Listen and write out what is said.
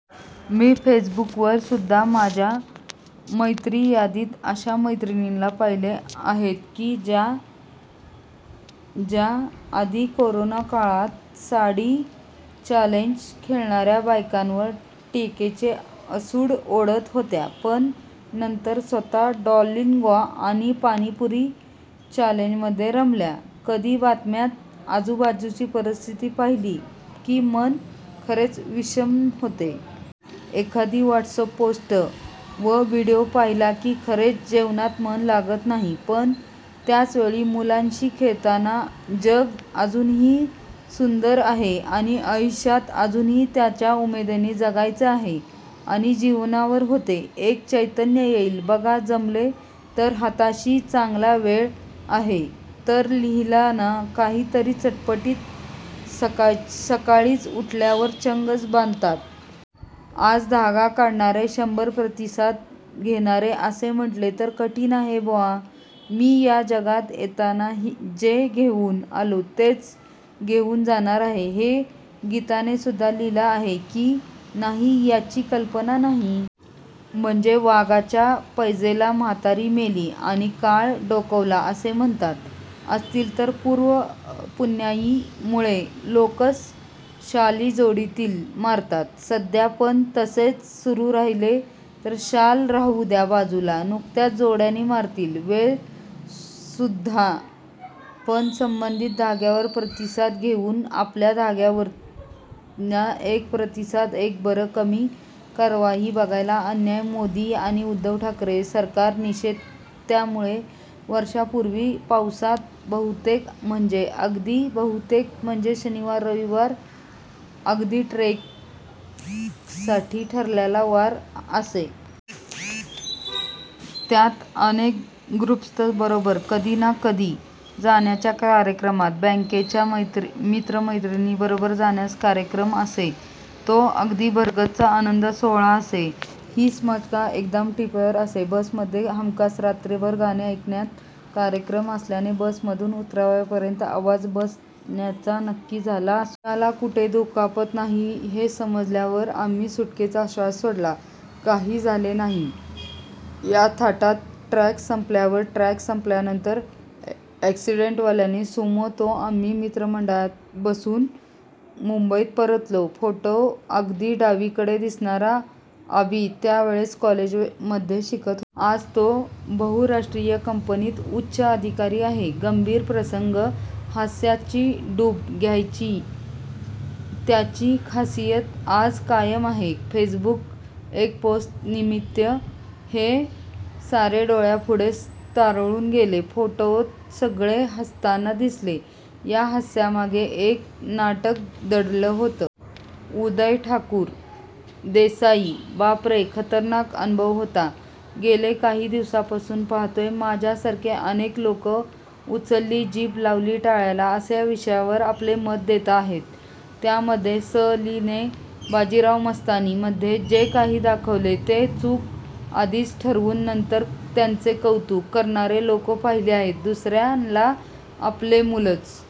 मी फेसबूकवर् सुद्धा माझ्या मित्रयादीत अश्या मैत्रीणी पाहिल्या आहेत की ज्या आधी कोरोनाकाळात साडी चॅलेंज खेळणारया बायकांवर टिकेचे असूड ओढत होत्या. पण नंतर मात्र स्व्त: डालगोना आणि पाणीपुरी चॅलेंजमध्ये रमल्या.. कधी बातम्यात आजूबाजूची परिस्थिती पाहिली की मन खरेच विषण्ण होते. एखादी व्हॉटसपपोस्ट वा विडिओ पाहिला की खरेच जेवणात मन लागत नाही. पण त्याचवेळी मुलांशी खेळताना जग अजूनही सुंदर आहे आणि आयुष्य अजूनही त्याच उमेदीने जगायचे आहे याची जाणीवही होते. एक चैतन्य येईल ^बघा जमलं तरहाताशी चांगला वेळ आहे तर लिहा ना काहीतरी चटपटीतका सकाळी उठल्यावर चंगच बांधता.. आज धागा काढणार शंभर प्रतिसाद घेणार.. असं असेल तर कठिण आहे बुआ.. मी या जगात येताना जे घेऊन आलेलो तेच घेऊन जाणार आहे. हे गीतेत सुद्धा लिहिले आहे की नाही याची कल्पना नाही. म्हणजे वाघाचे पंजेयालाच म्हातारी मेली आणि काळ डोकावला असे म्हणत असतीलपुर्वपुण्याईमुळे लोक्स शालजोडीतली मारत्यात सध्या पण असच सुरू राह्यलं तर शाल राह्यची बाजूला, नुसत्याच जोड्यानी मारतील. वेळीच सुद्रा. पण संबंधित धाग्यावर प्रतिसाद देऊन आपल्या धाग्यावरचा एक प्रतिसाद का बरे कमी करावाहि बघाहा अन्याय आहे, मोदी आणि उद्धव ठाकरे सरकारचा निषेध त्यावेळी म्हणजे वर्षांपूर्वी पावसात बहुतेक म्हंजे अगदी बहुतेक प्रत्येक शनिवार-रविवार हा अगदी ट्रेक साठीच ठरलेला वार असे. त्यात अनेक ग्रुप्सबरोबर कधी ना कधी जाण्याच्या कार्यक्रमात बँकेच्या मित्रमैत्रिणींबरोबर जाण्याचा कार्यक्रम असे. तो अगदी भरगच्च आनंदसोहोळा असे. हसी-मजाक एकदम टीपेवर असे. बसमधे अगदी हमखास रात्रभर गाणी गाण्याचा कार्यक्रम असल्याने बसमधून उतरेपर्यंत आवाज बसण्याचं नक्की झालेलं असे. कुणाला कुठलीही दुखापत नाही हे समजल्यावर आम्ही सुटकेचा श्वास सोडला. काही झालं नाही या थाटात ट्रेक तर संपवला. ट्रेक संपल्यावर 'त्या ' ऍक्सिडेंटवाल्या सुमो त आम्ही मित्रमंडळी बसून मुंबईत परतलो. फोटोत अगदी डावीकडे दिसणारा अभि त्यावेळी कॉलेजात शिकत होता. आज तो बहुराष्ट्रीय कंपनीत उच्चाधिकारी आहे. गंभीर प्रसंगांना हास्याची डूब द्यायची त्याची खासियत आजही कायम आहे. फेसबुक च्या एका पोस्ट च्या निमित्ताने हे सारं डोळ्यापुढे तरळून गेलं. फोटोत सगळे हसताना दिसले तरी त्या हास्यामागे एक वेगळाच नाट्य दडलेलं होतं. उदय ठाकूरदेसाई. बापरे खतरनाक अनुभव होता. गेल्या काही दिवसांपासून पाहतेय, माझ्यासारखेच अनेक लोक 'उचलली जीभ लावली टाळ्याला' असे प्रत्येक विषयावर आपले मत देत आहेत. त्यामध्ये, स. ली. ने बाजीराव मस्तानी मध्ये जे काही दाखवलं ते चूक हे आधीच ठरवून, नंतर त्याचंच कौतुक करणारे लोक पाहिले. दुसऱ्याने आपल्या मुलाचं